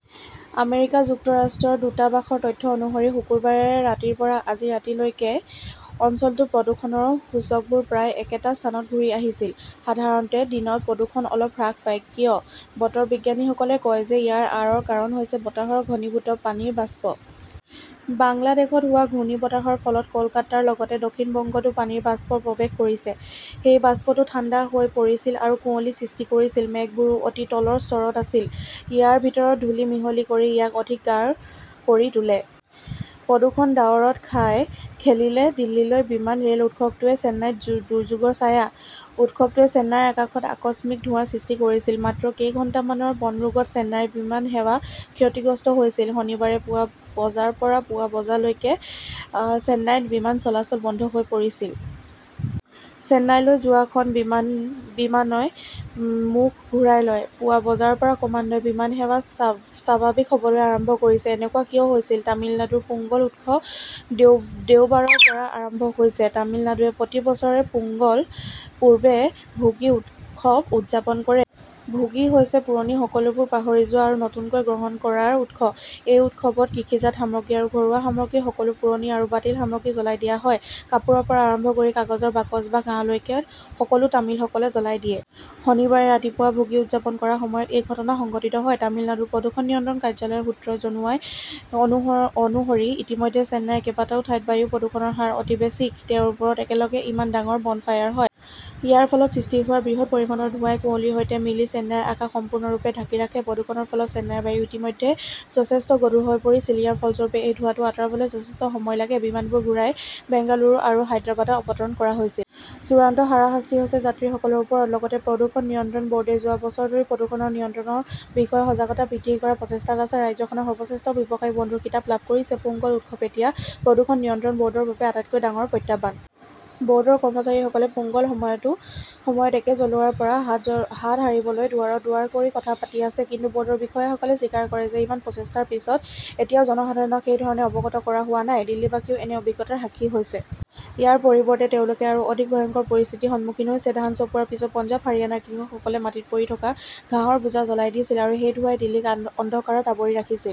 America যুক্তৰাষ্ট্ৰৰ দূতাবাসৰ তথ্য অনুসৰি, শুকুৰবাৰে ৰাতিৰ পৰা আজি ৰাতি লৈকে অঞ্চলটোত প্ৰদূষণৰ সূচকবোৰ প্ৰায় একেটা স্থানত ঘূৰি আহিছিল। সাধাৰণতে, দিনত প্ৰদূষণ অলপ হ্ৰাস পায়। কিয়? বতৰ বিজ্ঞানীসকলে কয় যে ইয়াৰ আঁৰৰ কাৰণ হৈছে বতাহৰ ঘনীভূত পানীৰ বাষ্প। বাংলাদেশত হোৱা ঘূৰ্ণীবতাহৰ ফলত কলকাতাৰ লগতে দক্ষিণ বংগতো পানীৰ বাষ্প প্ৰৱেশ কৰিছে। সেই বাষ্পটো ঠাণ্ডা হৈ পৰিছিল আৰু কুঁৱলী সৃষ্টি কৰিছিল। মেঘবোৰো অতি তলৰ স্তৰত আছিল। ইয়াৰ ভিতৰত ধূলি মিহলি কৰি ইয়াক অধিক গাঢ় কৰি তোলে। প্ৰদূষণ-ডাৱৰত খাই খেলিলে দিল্লীলৈ বিমান, ৰে'ল উৎসৱটোৱেই চেন্নাইত দুৰ্যোগৰ ছায়া। উৎসৱটোৱে চেন্নাইৰ আকাশত আকস্মিক ধোঁৱাৰ সৃষ্টি কৰিছিল। মাত্ৰ কেইঘণ্টামানৰ বনৰোগত চেন্নাইৰ বিমান সেৱা ক্ষতিগ্ৰস্ত হৈছিল। শনিবাৰে পুৱা বজাৰ পৰা পুৱা বজালৈকে চেন্নাইত বিমান চলাচল বন্ধ হৈ পৰিছিল। চেন্নাইলৈ যোৱা খন বিমানই মুখ ঘূৰাই লয়। পুৱা বজাৰ পৰা ক্ৰমান্বয়ে বিমান সেৱা স্বাভাৱিক হ'বলৈ আৰম্ভ কৰিছে। এনেকুৱা কিয় হৈছিল? তামিলনাডুৰ পোংগল উৎসৱ দেওবাৰৰ পৰা আৰম্ভ হৈছে। তামিলনাডুৱে প্ৰতি বছৰে পোঙ্গলৰ পূৰ্বে ভোগী উৎসৱ উদযাপন কৰে। ভোগী হৈছে পুৰণি সকলোবোৰ পাহৰি যোৱা আৰু নতুনটো গ্ৰহণ কৰাৰ উৎসৱ। এই উৎসৱত কৃষিজাত সামগ্ৰী আৰু ঘৰুৱা সামগ্ৰীৰ সকলো পুৰণি আৰু বাতিল সামগ্ৰী জ্বলাই দিয়া হয়। কাপোৰৰ পৰা আৰম্ভ কৰি কাগজৰ বাকচ বা ঘাঁহলৈকে সকলো তামিলসকলে জ্বলাই দিয়ে। শনিবাৰে ৰাতিপুৱা ভোগী উদযাপন কৰাৰ সময়তে এই ঘটনা সংঘটিত হয়। তামিলনাডুৰ প্ৰদূষণ নিয়ন্ত্ৰণ কাৰ্যালয়ৰ সূত্ৰই জনোৱা অনুসৰি ইতিমধ্যে চেন্নাইৰ কেইবাটাও ঠাইত বায়ু প্ৰদূষণৰ হাৰ অতি বেছি। তেওঁৰ ওপৰত একেলগে ইমান ডাঙৰ বনফায়াৰ হয়। ইয়াৰ ফলত সৃষ্টি হোৱা বৃহৎ পৰিমাণৰ ধোঁৱাই কুঁৱলীৰ সৈতে মিলি চেন্নাইৰ আকাশ সম্পূৰ্ণৰূপে ঢাকি ৰাখে। প্ৰদূষণৰ ফলত চেন্নাইৰ বায়ু ইতিমধ্যে যথেষ্ট গধুৰ হৈ পৰিছিল। ইয়াৰ ফলস্বৰূপে এই ধোঁৱাটো আঁতৰাবলৈ যথেষ্ট সময় লাগে। বিমানবোৰ ঘূৰাই বেংগালুৰু আৰু হায়দৰাবাদত অৱতৰণ কৰা হৈছিল। চূড়ান্ত হাৰাশাস্তি হৈছে যাত্ৰীসকলৰ ওপৰত। লগতে প্ৰদূষণ নিয়ন্ত্ৰণ বৰ্ডে যোৱা বছৰ ধৰি প্ৰদূষণ নিয়ন্ত্ৰণৰ বিষয়ে সজাগতা বৃদ্ধি কৰাৰ প্ৰচেষ্টাত আছে, ৰাজ্যখনৰ সৰ্বশ্ৰেষ্ঠ ব্যৱসায়িক-বন্ধুৰ খিতাপ লাভ কৰিছে। পোংগল উৎসৱ এতিয়া প্ৰদূষণ নিয়ন্ত্ৰণ ব'ৰ্ডৰ বাবে আটাইতকৈ ডাঙৰ প্ৰত্যাহ্বান। ব'ৰ্ডৰ কৰ্মচাৰীসকলে পোঙ্গলৰ সময়ত একো জ্বলোৱাৰ পৰা হাত সাৰিবলৈ দুৱাৰত দুৱাৰ কৰি কথা পাতি আছে। কিন্তু ব'ৰ্ডৰ বিষয়াসকলে স্বীকাৰ কৰে যে ইমান প্ৰচেষ্টাৰ পিছত এতিয়াও জনসাধাৰণক সেই ধৰণে অৱগত কৰা হোৱা নাই। দিল্লীবাসীয়েও এনে অভিজ্ঞতাৰ সাক্ষী হৈছে। ইয়াৰ পৰিৱৰ্তে তেওঁলোকে আৰু অধিক ভয়ংকৰ পৰিস্থিতিৰ সন্মুখীন হৈছে। ধান চপোৱাৰ পিছত পঞ্জাৱ, হাৰিয়ানাৰ কৃষকসকলে মাটিত পৰি থকা ঘাঁহৰ বোজা জ্বলাই দিছিল। আৰু সেই ধোঁৱাই দিল্লীক অন্ধকাৰত আৱৰি ৰাখিছিল।